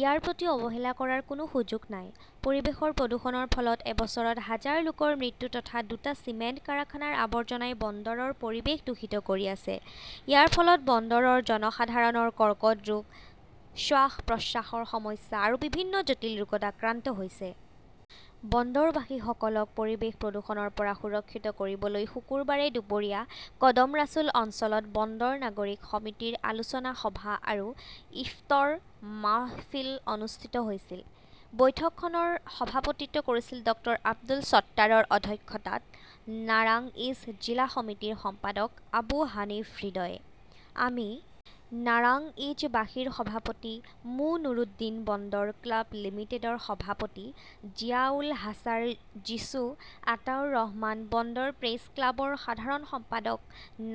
ইয়াৰ প্ৰতি অৱহেলা কৰাৰ কোনো সুযোগ নাই। পৰিৱেশৰ প্ৰদূষণৰ ফলত এবছৰত হাজাৰ লোকৰ মৃত্যু তথা দুটা চিমেণ্ট কাৰখানাৰ আৱৰ্জনাই বন্দৰৰ পৰিৱেশ দূষিত কৰি আছে। ইয়াৰ ফলত বন্দৰৰ জনসাধাৰণৰ কৰ্কট ৰোগ, শ্বাস-প্ৰশ্বাসৰ সমস্যা আৰু বিভিন্ন জটিল ৰোগত আক্ৰান্ত হৈছে। বন্দৰবাসীসকলক পৰিৱেশ প্ৰদূষণৰ পৰা সুৰক্ষিত কৰিবলৈ শুকুৰবাৰে দুপৰীয়া কদম ৰাছুল অঞ্চলত বন্দৰ নাগৰিক সমিতিৰ আলোচনা সভা আৰু ইফতৰ মাহফিল অনুষ্ঠিত হৈছিল। বৈঠকখনৰ সভাপতিত্ব কৰিছিল ডাঃ আব্দুল ছট্টাৰৰ অধ্যক্ষতাত নাৰাংইজ জিলা সমিতিৰ সম্পাদক আবু হানিফ হৃদয়ে। আমি নাৰাংইজবাসীৰ সভাপতি মো. নুৰুদ্দিন, বন্দৰ ক্লাব লিমিটেডৰ সভাপতি জিয়াউল হাছাৰ জিছু, আতাউৰ ৰহমান, বন্দৰ প্ৰেছ ক্লাবৰ সাধাৰণ সম্পাদক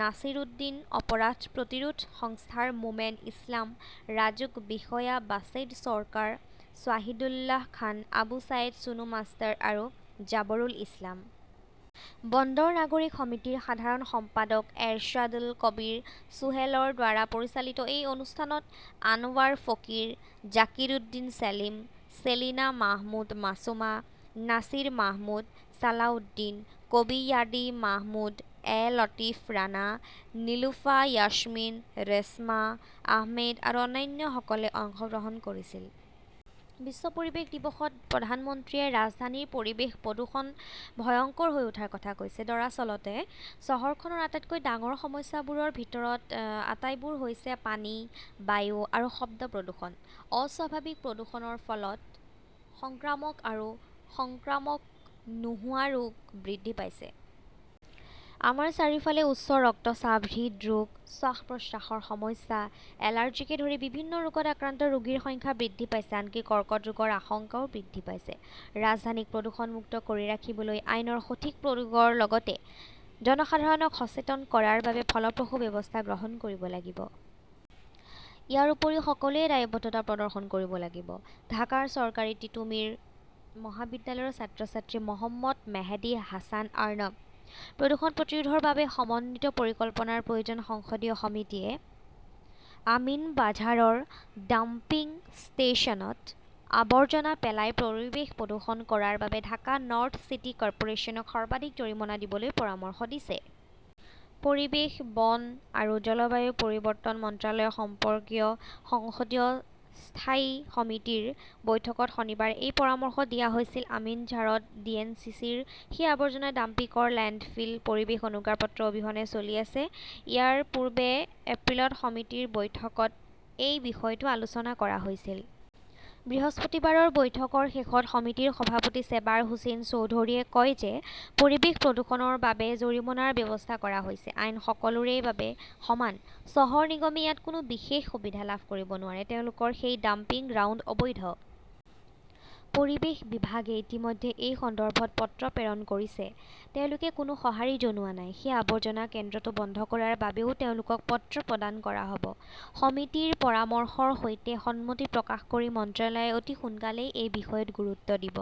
নাছিৰুদ্দিন অপৰাধ প্ৰতিৰোধ সংস্থাৰ মোমেন ইছলাম, ৰাজুক বিষয়া বাছেড চৰকাৰ, শ্বাহিদুল্লাহ খান, আবু ছাইদ চুনু মাষ্টাৰ আৰু জাবৰুল ইছলাম। বন্দৰ নাগৰিক সমিতিৰ সাধাৰণ সম্পাদক এৰশ্বাদুল কবীৰ সোহেলৰ দ্বাৰা পৰিচালিত এই অনুষ্ঠানত আনৱাৰ ফকীৰ, জাকিৰউদ্দিন ছেলিম, চেলিনা মাহমুদ মাছুমা, নাছিৰ মাহমুদ, চালাউদ্দিন, কবি য়াদি মাহমুদ, এ লতিফ ৰাণা, নিলুফা য়াসমিন ৰেশমা আহমেদ আৰু অন্যান্যসকলে অংশগ্ৰহণ কৰিছিল। বিশ্ব পৰিৱেশ দিৱসত প্ৰধানমন্ত্ৰীয়ে ৰাজধানীত পৰিৱেশ প্ৰদূষণ ভয়ংকৰ হৈ উঠাৰ কথা কৈছে। দৰাচলতে, চহৰখনৰ আটাইতকৈ ডাঙৰ সমস্যাবোৰৰ ভিতৰত আটাইবোৰ হৈছে পানী, বায়ু আৰু শব্দ প্ৰদূষণ। অস্বাভাৱিক প্ৰদূষণৰ ফলত সংক্ৰামক আৰু সংক্ৰামক নোহোৱা ৰোগ বৃদ্ধি পাইছে। আমাৰ চাৰিওফালে উচ্চ ৰক্তচাপ, হৃদৰোগ, শ্বাস-প্ৰশ্বাসৰ সমস্যা, এলাৰ্জিকে ধৰি বিভিন্ন ৰোগত আক্ৰান্ত ৰোগীৰ সংখ্যা বৃদ্ধি পাইছে; আনকি কৰ্কট ৰোগৰ আশংকাও বৃদ্ধি পাইছে। ৰাজধানীক প্ৰদূষণমুক্ত কৰি ৰাখিবলৈ আইনৰ সঠিক প্ৰয়োগৰ লগতে জনসাধাৰণক সচেতন কৰাৰ বাবে ফলপ্ৰসূ ব্যৱস্থা গ্ৰহণ কৰিব লাগিব। ইয়াৰ উপৰিও সকলোৱে দায়বদ্ধতা প্ৰদৰ্শন কৰিব লাগিব। ঢাকাৰ চৰকাৰী তিতুমীৰ মহাবিদ্যালয়ৰ ছাত্ৰ-ছাত্ৰী মহম্মদ মেহেদী হাছান আৰ্নাব। প্ৰদূষণ প্ৰতিৰোধৰ বাবে সমন্বিত পৰিকল্পনাৰ প্ৰয়োজন সংসদীয় সমিতিয়ে আমিনবাঝাৰৰ ডাম্পিং ষ্টেচনত আৱৰ্জনা পেলাই পৰিৱেশ প্ৰদূষণ কৰাৰ বাবে ঢাকা নৰ্থ চিটি কৰ্পোৰেচনক সৰ্বাধিক জৰিমনা দিবলৈ পৰামৰ্শ দিছে। পৰিৱেশ, বন আৰু জলবায়ু পৰিৱৰ্তন মন্ত্ৰালয় সম্পৰ্কীয় সংসদীয় স্থায়ী সমিতিৰ বৈঠকত শনিবাৰে এই পৰামৰ্শ দিয়া হৈছিল। আমিনবাঝাৰত ডি. এন. চি. চি. -ৰ সেই আৱৰ্জনা ডাম্পিংৰ লেণ্ডফিল পৰিৱেশ অনুজ্ঞাপত্ৰ অবিহনে চলি আছে। ইয়াৰ পূৰ্বে এপ্ৰিলত সমিতিৰ বৈঠকত এই বিষয়টো আলোচনা কৰা হৈছিল। বৃহস্পতিবাৰৰ বৈঠকৰ শেষত সমিতিৰ সভাপতি চেবাৰ হোসেন চৌধুৰীয়ে কয় যে পৰিৱেশ প্ৰদূষণৰ বাবে জৰিমনাৰ ব্যৱস্থা কৰা হৈছে। আইন সকলোৰে বাবে সমান। চহৰ নিগমে ইয়াত কোনো বিশেষ সুবিধা লাভ কৰিব নোৱাৰে। তেওঁলোকৰ সেই ডাম্পিং গ্ৰাউণ্ড অবৈধ। পৰিৱেশ বিভাগে ইতিমধ্যে এই সন্দৰ্ভত পত্ৰ প্ৰেৰণ কৰিছে, তেওঁলোকে কোনো সঁহাৰি জনোৱা নাই। সেই আৱৰ্জনা কেন্দ্ৰটো বন্ধ কৰাৰ বাবেও তেওঁলোকক পত্ৰ প্ৰদান কৰা হ'ব। সমিতিৰ পৰামৰ্শৰ সৈতে সন্মতি প্ৰকাশ কৰি মন্ত্ৰালয়ে অতি সোনকালেই এই বিষয়ত গুৰুত্ব দিব।